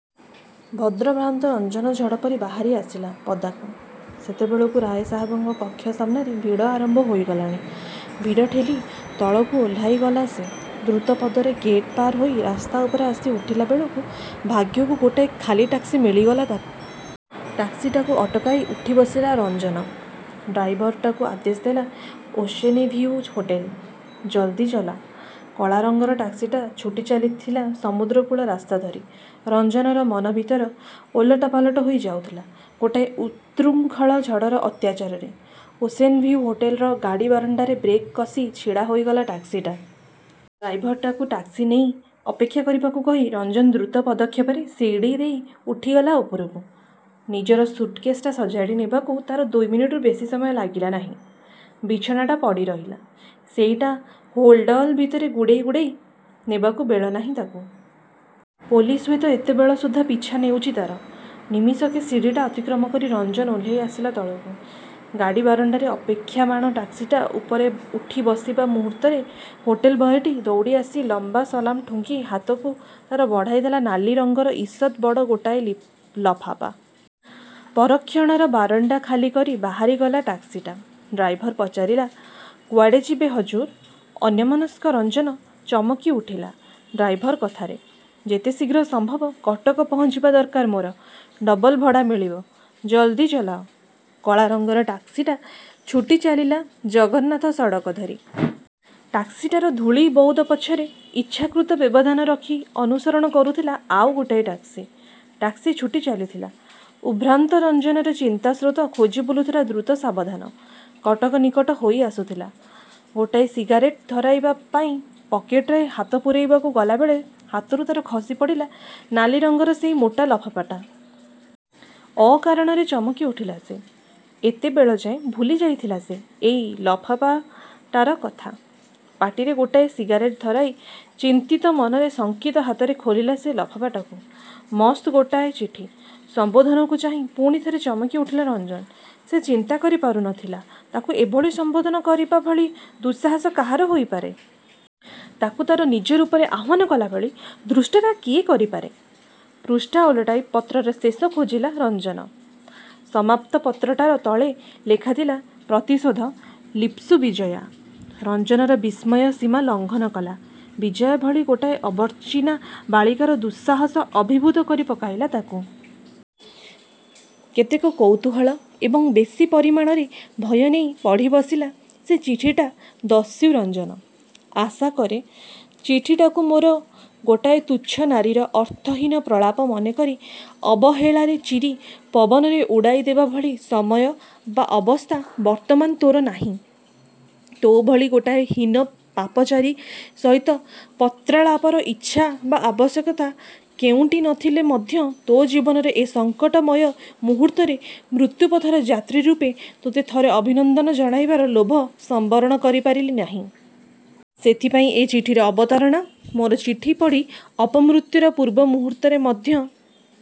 ଭଦ୍ରଭ୍ରାନ୍ତ ରଞ୍ଜନ ଝଡ଼ ପରି ବାହାରି ଆସିଲା ପଦାକୁ। ସେତେବେଳକୁ ରାୟସାହେବଙ୍କ କକ୍ଷ ସାମ୍ନାରେ ଭିଡ଼ ଆରମ୍ଭ ହୋଇଗଲାଣି। ଭିଡ଼ ଠେଲି ତଳକୁ ଓହ୍ଲାଇଗଲା ସେ। ଦ୍ରୁତପଦରେ ଗେଟ୍ ପାର ହୋଇ ରାସ୍ତା ଉପରେ ଆସି ଉଠିଲାବେଳକୁ ଭାଗ୍ୟକୁ ଗୋଟାଏ ଖାଲି ଟାକ୍ସି ମିଳିଗଲା ତାକୁ। ଟାକ୍ସିଟାକୁ ଅଟକାଇ ଉଠି ବସିଲା ରଞ୍ଜନ। ଡ୍ରାଇଭରଟାକୁ ଆଦେଶ ଦେଲା ଓସେନଭିଉ ହୋଟେଲ। ଜଲଦି ଚଲା। କଳାରଙ୍ଗର ଟାକ୍ସିଟା ଛୁଟି ଚାଲିଥିଲା ସମୁଦ୍ରକୂଳ ରାସ୍ତା ଧରି। ରଞ୍ଜନର ମନ ଭିତର ଓଲଟାପାଲଟ ହୋଇ ଯାଉଥିଲା ଗୋଟାଏ ଉତ୍ଶୃଙ୍ଖଳ ଝଡ଼ର ଅତ୍ୟାଚାରରେ। ଓସେନ ଭିଉ ହୋଟେଲର ଗାଡ଼ିବାରଣ୍ତାରେ ବ୍ରେକ କସି ଛିଡ଼ା ହୋଇଗଲା ଟାକ୍ସିଟା। ଡ୍ରାଇଭରଟାକୁ ଟାକ୍ସି ନେଇ ଅପେକ୍ଷା କରିବାକୁ କହି ରଞ୍ଜନ ଦ୍ରୁତ ପଦକ୍ଷେପରେ ସିଡ଼ିଦେଇ ଉଠିଗଲା ଉପରକୁ। ନିଜର ସୁଟକେଶଟା ସଜାଡ଼ି ନେବାକୁ ତାର ଦୁଇମିନିଟରୁ ବେଶି ସମୟ ଲାଗିଲା ନାହିଁ। ବିଛଣାଟା ପଡ଼ି ରହିଲା। ସେଇଟା ହୋଲ୍ଡ଼ଅଲ ଭିତରେ ଗୁଡ଼େଇ ଗୁଡ଼େଇ ନେବାକୁ ବେଳନାହିଁ ତାକୁ। ପୋଲିସ୍ ହୁଏତ ଏତେବେଳ ସୁଦ୍ଧା ପିଛା ନେଉଚି ତା'ର। ନିମିଷକେ ସିଡ଼ିଟା ଅତିକ୍ରମି ରଞ୍ଜନ ଓହ୍ଲେଇ ଆସିଲା ତଳକୁ। ଗାଡ଼ିବାରଣ୍ତାରେ ଅପେକ୍ଷାମାଣ ଟାକ୍ସିଟା ଉପରେଉଠି ବସିବା ମୁହୂର୍ତ୍ତରେ ହୋଟେଲ ବୟଟି, ଦଉଡ଼ି ଆସି ଲମ୍ଵା ସଲାମ ଠୁଙ୍କି ହାତକୁ ତାର ବଢ଼ାଇଦେଲା ନାଲି ରଙ୍ଗର ଇଷତ୍ ବଡ଼ ଗୋଟାଏ ଲଫାପା। ପରକ୍ଷଣର ବାରଣ୍ତା ଖାଲି କରି ବାହାରିଗଲା ଟାକ୍ସିଟା। ଡ୍ରାଇଭର ପଚାରିଲା। କୁଆଡ଼େ ଯିବେ ହଜୁର। ଅନ୍ୟମନସ୍କ ରଞ୍ଜନ ଚମକି ଉଠିଲା ଡ୍ରାଇଭର କଥାରେ। ଯେତେଶିଘ୍ର ସମ୍ଭବ କଟକ ପହଞ୍ଚିବା ଦରକାର ମୋର। ଡବଲ ଭଡ଼ା ମିଳିବ। ଜଲଦି ଚଲାଅ। କଳାରଙ୍ଗର ଟାକ୍ସିଟା ଛୁଟି ଚାଲିଲା ଜଗନ୍ନାଥ ସଡ଼କ ଧରି। ଟାକ୍ସିଟାର ଧୂଳି ବଉଦ ପଛରେ, ଇଚ୍ଛାକୃତ ବ୍ୟବଧାନ ରଖି ଅନୁସରଣ କରୁଥିଲା ଆଉ ଗୋଟାଏ ଟାକ୍ସି। ଟାକ୍ସି ଛୁଟି ଚାଲିଥିଲା। ଉଦ୍ଭ୍ରାନ୍ତ ରଞ୍ଜନର ଚିନ୍ତାସ୍ରୋତ ଖୋଜି ବୁଲୁଥିଲା ଦ୍ରୁତ ସାବଧାନ। କଟକ ନିକଟ ହୋଇ ଆସୁଥିଲା। ଗୋଟାଏ ସିଗାରେଟ ଧରାଇବା ପାଇଁ ପକେଟରେ ହାତ ପୁରାଇବାକୁ ଗଲାବେଳେ ହାତରୁ ତା'ର ଖସି ପଡ଼ିଲା ନାଲି ରଙ୍ଗର ସେଇ ମୋଟା ଲଫାଫାଟା। ଅକାରଣରେ ଚମକି ଉଠିଲା ସେ। ଏତେବେଳଯାଏ ଭୁଲି ଯାଇଥିଲା ସେ ଏଇ ଲଫାପାଟାର କଥା। ପାଟିରେ ଗୋଟାଏ ସିଗାରେଟ ଧରାଇ ଚିନ୍ତିତ ମନରେ ଶଙ୍କିତ ହାତରେ ଖୋଲିଲା ସେ ଲଫାପାଟାକୁ। ମସ୍ତ ଗୋଟାଏ ଚିଠି। ସଂବୋଧନକୁ ଚାହିଁ ପୁଣିଥରେ ଚମକି ଉଠିଲା ରଞ୍ଜନ। ସେ ଚିନ୍ତା କରି ପାରୁ ନ ଥିଲା ତାକୁ ଏଭଳି ସମ୍ଵୋଧନ କରିବାଭଳି ଦୁଃ-ସାହସ କାହାର ହୋଇପାରେ। ତାକୁ ତା'ର ନିଜ ରୂପରେ ଆହ୍ଵାନ କଲାଭଳି ଧୃଷ୍ଟତା କିଏ କରିପାରେ? ପୃଷ୍ଠା ଓଲଟାଇ ପତ୍ରର ଶେଷ ଖୋଜିଲା ରଞ୍ଜନ। ସମାପ୍ତ ପତ୍ରଟାର ତଳେ ଲେଖାଥିଲା ପ୍ରତିଶୋଧ ଲିପ୍ସୁ ବିଜୟା। ରଞ୍ଜନର ବିସ୍ମୟ ସୀମା ଲଘଂନ କଲା। ବିଜୟା ଭଲି ଗୋଟାଏ ଅର୍ବାଚିନା ବାଳିକାର ଦୁଃସାହସ ଅଭିଭୂତ କରି ପକାଇଲା ତାକୁ। କେତେକ କୌତୂହଳ ଏବଂ ବେଶି ପରିମାଣରେ ଭୟ ନେଇ ପଢ଼ିବସିଲା ସେ ଚିଠିଟା ଦସ୍ୟୁ ରଞ୍ଜନ,। ଆଶାକରେ ଚିଠିଟାକୁ ମୋର ଗୋଟାଏ ତୁଚ୍ଛ ନାରୀର ଅର୍ଥହୀନ ପ୍ରଳାପ ମନେକରି, ଅବହେଳାରେ ଚିରି ପବନରେ ଉଡ଼ାଇ ଦେବାଭଳି ସମୟ ବା ଅବସ୍ଥା ବର୍ତ୍ତମାନ ତୋର ନାହିଁ। ତୋଭଳି ଗୋଟାଏ ହୀନ ପାପଚାରୀ ସହିତ ପତ୍ରାଳାପର ଇଚ୍ଛା ବା ଆବଶ୍ୟକତା କେଉଁଟି ନ ଥିଲେ ମଧ୍ୟ ତୋ ଜୀବନର ଏ ସଙ୍କଟମୟ ମୁହୂର୍ତ୍ତରେ, ମୃତ୍ୟପଥର ଯାତ୍ରୀ ରୂପେ ତୋତେ ଥରେ ଅଭିନନ୍ଦନ ଜଣାଇବାର ଲୋଭ ସମ୍ଵରଣ କରି ପାରିଲି ନାହିଁ। ସେଥିପାଇଁ ଏ ଚିଠିର ଅବତାରଣା ମୋର ଚିଠି ପଢ଼ି ଅପମୃତ୍ୟୁର ପୂର୍ବ ମୁହୂର୍ତ୍ତରେ ମଧ୍ୟ -